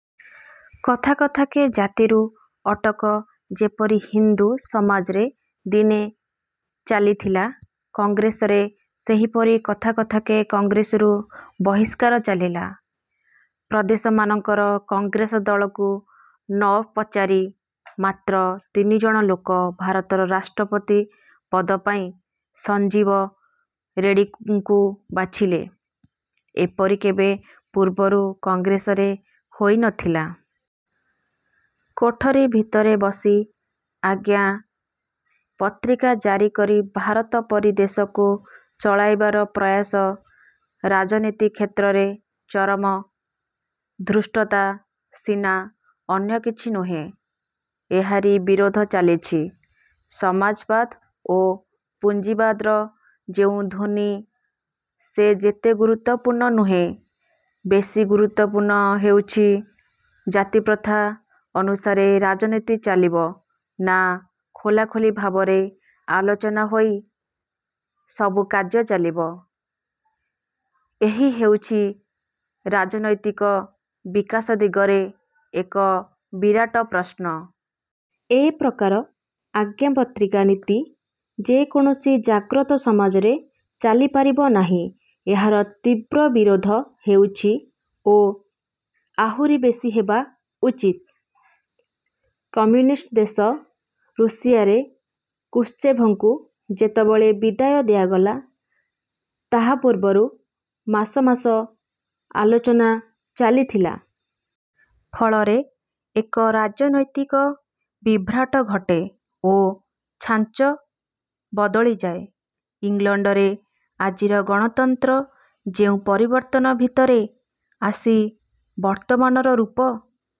କଥା କଥାକେ ଜାତିରୁ ଅଟକ ଯେପରି ହିନ୍ଦୁ ସମାଜରେ ଦିନେ ଚାଲିଥିଲା, କଂଗ୍ରେସରେ ସେହିପରି କଥା କଥାକେ କଂଗ୍ରେସରୁ ବହିଷ୍କାର ଚାଲିଲା। ପ୍ରଦେଶମାନଙ୍କର କଂଗ୍ରେସ ଦଳକୁ ନ ପଚାରି ମାତ୍ର ତିନିଜଣ ଲୋକ ଭାରତର ରାଷ୍ଟ୍ରପତି ପଦ ପାଇଁ ସଞ୍ଜୀବ ରେଡ଼ିଙ୍କୁ ବାଛିଲେ। ଏପରି କେବେ ପୂର୍ବରୁ କଂଗ୍ରେସରେ ହୋଇ ନଥିଲା। କୋଠରୀ ଭିତରେ ବସି ଆଜ୍ଞା ପତ୍ରିକା ଜାରି କରି ଭାରତ ପରି ଦେଶକୁ ଚଳାଇବାର ପ୍ରୟାସ ରାଜନୀତି କ୍ଷେତ୍ରରେ ଚରମ ଧୃଷ୍ଟତା ସିନା ଅନ୍ୟ କିଛି ନୁହେଁ। ଏହାରି ବିରୋଧ ଚାଲିଛି। ସମାଜବାଦ ଓ ପୁଞ୍ଜିବାଦର ଯେଉଁ ଧ୍ୱନି ସେ ଯେତେ ଗୁରୁତ୍ୱପୂର୍ଣ୍ଣ ନୁହେଁ, ବେଶି ଗୁରୁତ୍ୱପୂର୍ଣ୍ଣ ହେଉଛି, ଜାତିପ୍ରଥା ଅନୁସାରେ ରାଜନୀତି ଚାଲିବ ନାଁ ଖୋଲାଖୋଲି ଭାବରେ ଆଲୋଚନା ହୋଇ ସବୁ କାର୍ଯ୍ୟ ଚାଲିବ- ଏହି ହେଉଛି ରାଜନୈତିକ ବିକାଶ ଦିଗରେ ଏକ ବିରାଟ ପ୍ରଶ୍ନ। ଏ ପ୍ରକାର ''ଆଜ୍ଞା ପତ୍ରିକା ନୀତି'' ଯେ କୌଣସି ଜାଗ୍ରତ ସମାଜରେ ଚାଲିପାରିବ ନାହିଁ। ଏହାର ତୀବ୍ର ବିରୋଧ ହେଉଛି ଓ ଆହୁରି ବେଶି ହେବା ଉଚିତ। କମ୍ୟୁନିଷ୍ଟ ଦେଶ ରୁଷିଆରେ କୁଶ୍ଚେଭଙ୍କୁ ଯେତେବେଳେ ବିଦାୟ ଦିଆଗଲା ତାହା ପୂର୍ବରୁ ମାସ ମାସ ଆଲୋଚନା ଚାଲିଥିଲା। ଫଳରେ ଏକ ରାଜନୈତିକ ବିଭ୍ରାଟ ଘଟେ ଓ ଛାଞ୍ଚ ବଦଳିଯାଏ। ଇଂଲଣ୍ଡରେ ଆଜିର ଗଣତନ୍ତ୍ର ଯେଉଁ ପରିବର୍ତ୍ତନ ଭିତରେ ଆସି ବର୍ତ୍ତମାନର ରୂପ